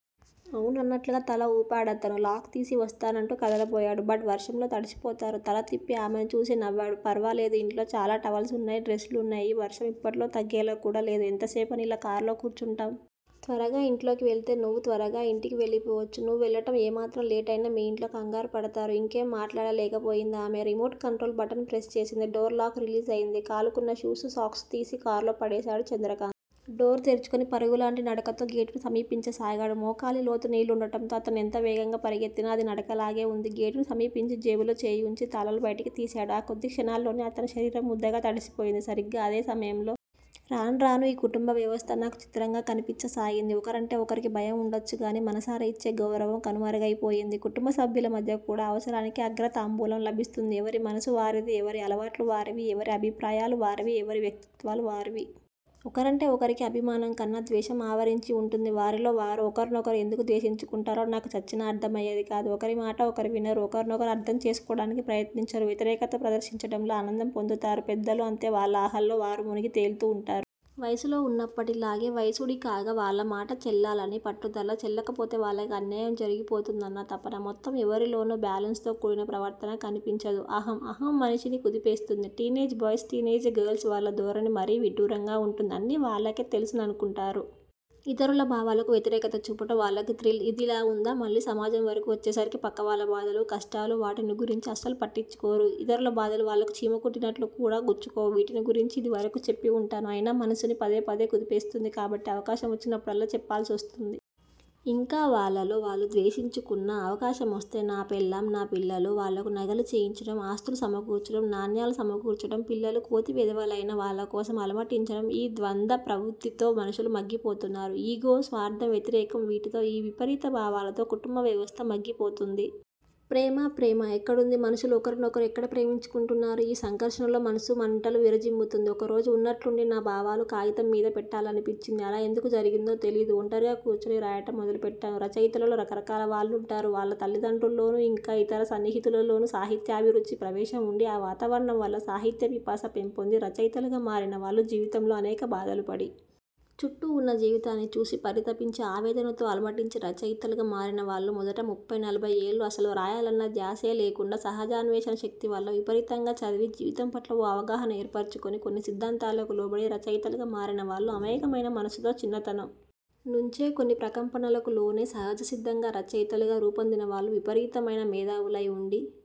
అవునన్నట్లుగా తల వూపాడతను. లాక్ తీసి వస్తాను అంటూ కదలబోయాడు. బట్ వర్షంలో తడిసిపోతారు. తల తిప్పి ఆమెను చూసి నవ్వాడు. ఫర్వాలేదు! ఇంట్లో చాలా టవల్స్ వున్నాయి. డ్రస్ లు వున్నాయి. ఈ వర్షం యిప్పట్లో తగ్గేలా కూడా లేదు. ఎంతసేపని యిలా కారులో కూర్చుంటాం? త్వరగా ఇంట్లోకి వెళితే నువ్వూ త్వరగా ఇంటికి వెళ్ళిపోవచ్చు. నువ్వు వెళ్ళటం ఏమాత్రం లేటు అయినా మీ ఇంట్లో కంగారుపడతారు. ఇంకేం మాట్లాడలేకపోయిందామె. రిమోట్ కంట్రోల్ బటన్ ప్రెస్ చేసింది. డోర్ లాక్ రిలీజ్ అయింది. కాళ్ళకున్న షూస్, సాక్స్ తీసి కారులో పడేశాడు చంద్రకాంత్. డోరు తెరుచుకుని పరుగులాంటి నడకతో గేటును సమీపించసాగాడు. మోకాలి లోతు నీళ్ళుండటంతో, అతను ఎంత వేగంగా పరిగెత్తినా అది నడకలాగే వుంది. గేటును సమీపించి జేబులో చేయి వుంచి తాళాలు బయటికి తీశాడు. ఆ కొద్ది క్షణాల్లోనే అతని శరీరం ముద్దగా తడిసిపోయింది. సరిగ్గా అదే సమయంలో। రాను రానూ ఈ కుటుంబ వ్యవస్థ నాకు చిత్రంగా కనిపించసాగింది. ఒకరంటే ఒకరికి భయం ఉండవచ్చుగానీ మనసారా ఇచ్చే గౌరవం కనుమరుగయిపోయింది. కుటుంబ సభ్యుల మధ్య కూడా అవసరానికే అగ్రతాంబూలం లభిస్తోంది. ఎవరి మనసు వారిది. ఎవరి అలవాట్లు వారివి. ఎవరి అభిప్రాయాలు వారివి. ఎవరి వ్యక్తిత్వాలు వారివి. ఒకరంటే ఒకరికి అభిమానం కన్న ద్వేషం ఆవరించి ఉంటుంది. వారిలో వారు ఒకర్నొకరు ఎందుకు ద్వేషించుకుంటారో నాకు చచ్చినా అర్థమయేది కాదు. ఒకరిమాట ఒకరు వినరు. ఒకర్నొకరు అర్థం చేసుకోటానికి ప్రయత్నించరు. వ్యతిరేకత ప్రదర్శించటంలో ఆనందం పొందుతారు. పెద్దలూ అంతే. వాళ్ళ అహాల్లో వారు మునిగి తేలుతూ ఉంటారు. వయసులో ఉన్నప్పటిలాగే వయసుడిగాక వాళ్ళమాట చెల్లాలని పట్టుదల, చెల్లకపోతే వాళ్ళకి అన్యాయం జరిగిపోతూందన్న తపన. మొత్తం ఎవరిలోనూ బ్యాలెన్స్ తో కూడిన ప్రవర్తన కనిపించదు. అహం. అహం మనిషిని కుదిపేస్తోంది. టీనేజ్ బాయస్, టీనేజ్ గరల్స్ వాళ్ళ ధోరణి మరీ విడ్డూరంగా ఉంటుంది. అన్నీ వాళ్ళకే తెలుసుననుకుంటారు. ఇతరుల భావాలకు వ్యతిరేకత చూపటం వాళ్ళకు థ్రిల్. ఇదిలా ఉందా? మళ్ళీ సమాజం వరకూ వచ్చేసరికి పక్కవాళ్ళ బాధలు, కష్టాలు వాటిని గురించి అసలు పట్టించుకోరు. ఇతరుల బాధలు వాళ్లకు చీమ కుట్టినట్లు కూడా గుచ్చుకోవు. వీటిని గురించి ఇది వరకు చెప్పి ఉంటాను. అయినా మనసుని పదే పదే కుదిపేస్తోంది కాబట్టి అవకాశం మొచ్చినప్పుడల్లా చెప్పాల్సివస్తోంది. ఇంకా వాళ్ళలో వాళ్ళు ద్వేషించుకున్నా అవకాశమొస్తే నా పెళ్ళాం, నా పిల్లలు. వాళ్లకు నగలు చేయించటం, ఆస్తులు సమకూర్చటం, నాణ్యాలు సమకూర్చటం పిల్లలు కోతి వెధవలైనా వాళ్లకోసం అలమటించటం ఈ ద్వంద ప్రవృత్తితో మనుషులు మగ్గిపోతున్నారు. యిగో, స్వార్థం వ్యతిరేకం వీటితో, ఈ విపరీత భావాలతో కుటుంబ వ్యవస్థ మగ్గిపోతోంది. ప్రేమ ప్రేమ ఎక్కడుంది. మనషులు ఒకరినొకరు ఎక్కడ ప్రేమించుకుంటున్నారు. ఈ సంఘర్షణలో మనసు మంటలు విరజిమ్ముతుంది. ఒకరోజు ఉన్నట్లుండి నా భావాలు కాగితం మీద పెట్టాలనిపించింది. అలా ఎందుకు జరిగిందో తెలీదు. ఒంటరిగా కూర్చుని రాయటం మొదలు పెట్టాను. రచయితలలో రకరకాల వాళ్లుంటారు. వాళ్ల తల్లిదండ్రులలోనో, ఇంకా ఇతర సన్నిహితులలోనో సాహిత్యాభిరుచి, ప్రవేశం ఉండి ఆ వాతావరణం వల్ల సాహిత్య పిపాస పెంపొంది రచయితలుగా మారినవాళ్ళు, జీవితంలో అనేక బాధలుపడి. చుట్టూ ఉన్న జీవితాన్ని చూసి పరితపించి ఆవేదనతో అలమటించి రచయితలుగా మారినవాళ్ళు, మొదటి ముప్ఫయి నలభయి ఏళ్లూ అసలు రాయాలన్న థ్యాసే లేకుండా, సహజాన్వేషణ శక్తివల్ల విపరీతంగా చదివి, జీవితంపట్ల ఓ అవగాహన ఏర్పరచుకుని, కొన్ని సిద్ధాంతాలకు లోబడి రచయితలుగా మారినవాళ్ళు, అమాయకమైన మనస్సుతో చిన్నతనం నుంచే కొన్ని ప్రకంపనలకు లోనై సహజసిద్ధంగా రచయితలుగా రూపొందినవాళ్ళు, విపరీతమైన మేదావులై ఉండి,